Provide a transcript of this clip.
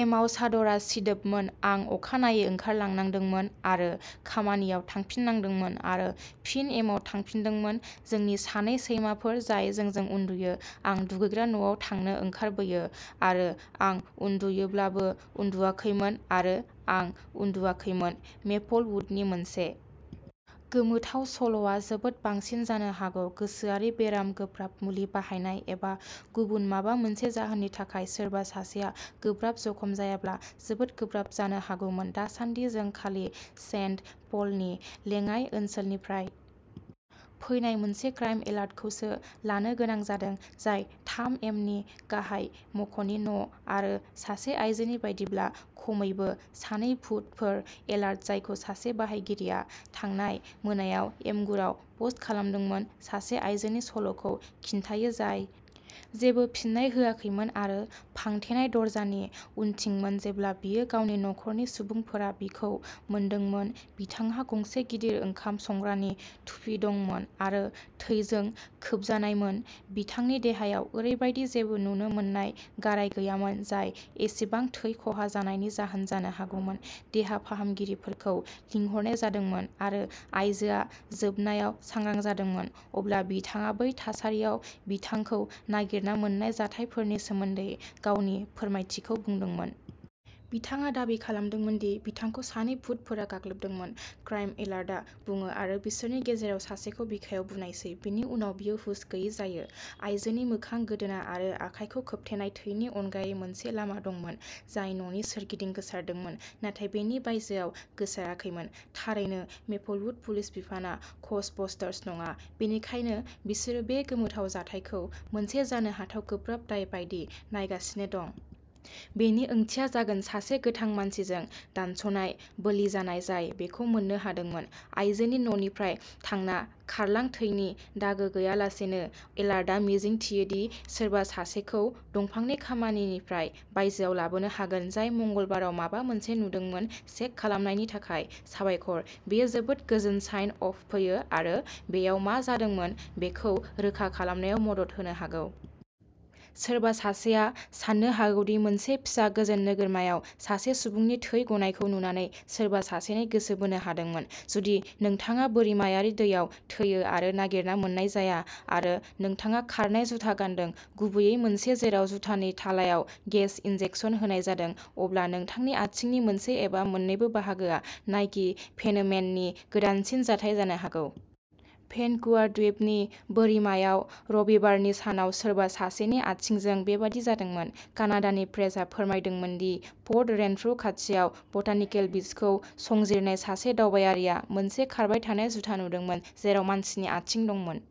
एमाव चादरा सिदोबमोन आं अखानायै ओंखारलांनांदोंमोन आरो खामानियाव थांफिननांदोंमोन आरो फिन एमाव थांफिनदोंमोन जोंनि सानै सैमाफोर जाय जोंजों उन्दुयो। आं दुगैग्रा न'आव थांनो ओंखारबोयो आरो आं उन्दुयोब्लाबो उन्दुवाखैमोन आरो आं उन्दुयाखैमोन। मेपलवुडनि मोनसे गोमोथाव सल'आ जोबोद बांसिन जानो हागौ गोसोआरि बेराम गोब्राब मुलि बाहायनाय एबा गुबुन माबा मोनसे जाहोननि थाखाय सोरबा सासेआ गोब्राब जखम जायाब्ला जोबोद गोब्राब जानो हागौमोन दासानदि जों खालि सेन्ट पलनि लेङाइ ओनसोलनिफ्राय फैनाय मोनसे क्राइम एलार्टखौसो लानो गोनां जादों जाय थाम एमनि गाहाय मावख'नि न'आरो सासे आइजोनि बायदिब्ला खमैबो सानै भुतफोर एलार्ट जायखौ सासे बाहायगिरिया थांनाय मोनायाव इमगुरआव पस्ट खालामदोंमोन सासे आयजोनि सल'खौ खिन्थायो जाय जेबो फिन्नाय होआखैमोन आरो फांथेनाय दरजानि उनथिंमोन जेब्ला बियो गावनि नखरनि सुबुंफोरा बिखौ मोनदोंमोन बिथांहा गंसे गिदिर ओंखाम संग्रानि थुफि दंमोन। आरो थैजों खोबजानायमोन बिथांनि देहायाव ओरैबायदि जेबो नुनो मोननाय गाराय गैयामोन जाय एसेबां थै खहा जानायनि जाहोन जानो हागौमोन। देहा फाहामगिरिफोरखौ लिंहरनाय जादोंमोन आरो आइजोआ जोबनायाव सांग्रां जादोंमोन अब्ला बिथाङा बै थासारियाव बिथांखौ नागिरना मोन्नाय जाथायफोरनि सोमोन्दै गावनि फोरमायथिखौ बुंदोंमोन। बिथाङा दाबि खालामदोंमोन दि बिथांखौ सानै भुत'फोरा गाग्लोबदोंमोन क्राइम एलार्टआ बुङो आरो बिसोरनि गेजेराव सासेखौ बिखायाव बुनायसै बिनि उनाव बियो हुस गैयै जायो। आइजोनि मोखां गोदोना आरो आखाइखौ खोबथेनाय थैनि अनगायै मोनसे लामा दंमोन जाय न'नि सोरगिदिं गोसारदोंमोन नाथाय बेनि बायजोआव गोसाराखैमोन। थारैनो मेपलवुड पुलिस बिफानआ घोस्टबस्टार्स नङा बेनिखायनो बिसोरो बे गोमोथाव जाथायखौ मोनसे जानो हाथाव गोब्राब दाय बायदि नायगासिनो दं। बेनि ओंथिया जागोन सासे गोथां मानसिजों दानस'नाय बोलि जानाय जाय बेखौ मोननो हादोंमोन। आयजोनि न'निफ्राय थांना खारलां थैनि दागो गैयालासेनो एलार्टआ मिजिंथियो दि सोरबा सासेखौ दंफांनि खामानिनिफ्राय बायजोआव लाबोनो हागोन जाय मंगलबाराव माबा मोनसे नुदोंमोन चेक खालामनायनि थाखाय साबायखर बेयो जोबोद गोजोन साइन अफ फैयो आरो बैयाव मा जादोंमोन बेखौ रोखा खालामनायाव मदद होनो हागौ। सोरबा सासेआ साननो हागौ दि मोनसे फिसा गोजोन नोगोरमायाव सासे सुबुंनि थै गनायखौ नुनानै सोरबा सासेनि गोसो बोनो हादोंमोन। जुदि नोंथाङा बोरिमायारि दैयाव थैयो आरो नागिरना मोन्नाय जाया आरो नोंथाङा खारनाय जुथा गानदों गुबैयै मोनसे जेराव जुथानि थालायाव गेस इनजेकसन होनाय जादों अब्ला नोंथांनि आथिंनि मोनसे एबा मोन्नैबो बाहागोआ नाइकि फेनोमेनन नि गोदानसिन जाथाय जानो हागौ। भेन्कुवर द्वीपनि बोरिमायाव रबिबारनि सानाव सोरबा सासेनि आथिंजों बेबादि जादोंमोन। कानाडानि प्रेसआ फोरमायदोंमोन दि पर्ट रेनफ्रु खाथियाव बटानिकेल बीचखौ संजिरनाय सासे दावबायारिआ मोनसे खारबाय थानाय जुथा नुदोंमोन जेराव मानसिनि आथिं दंमोन।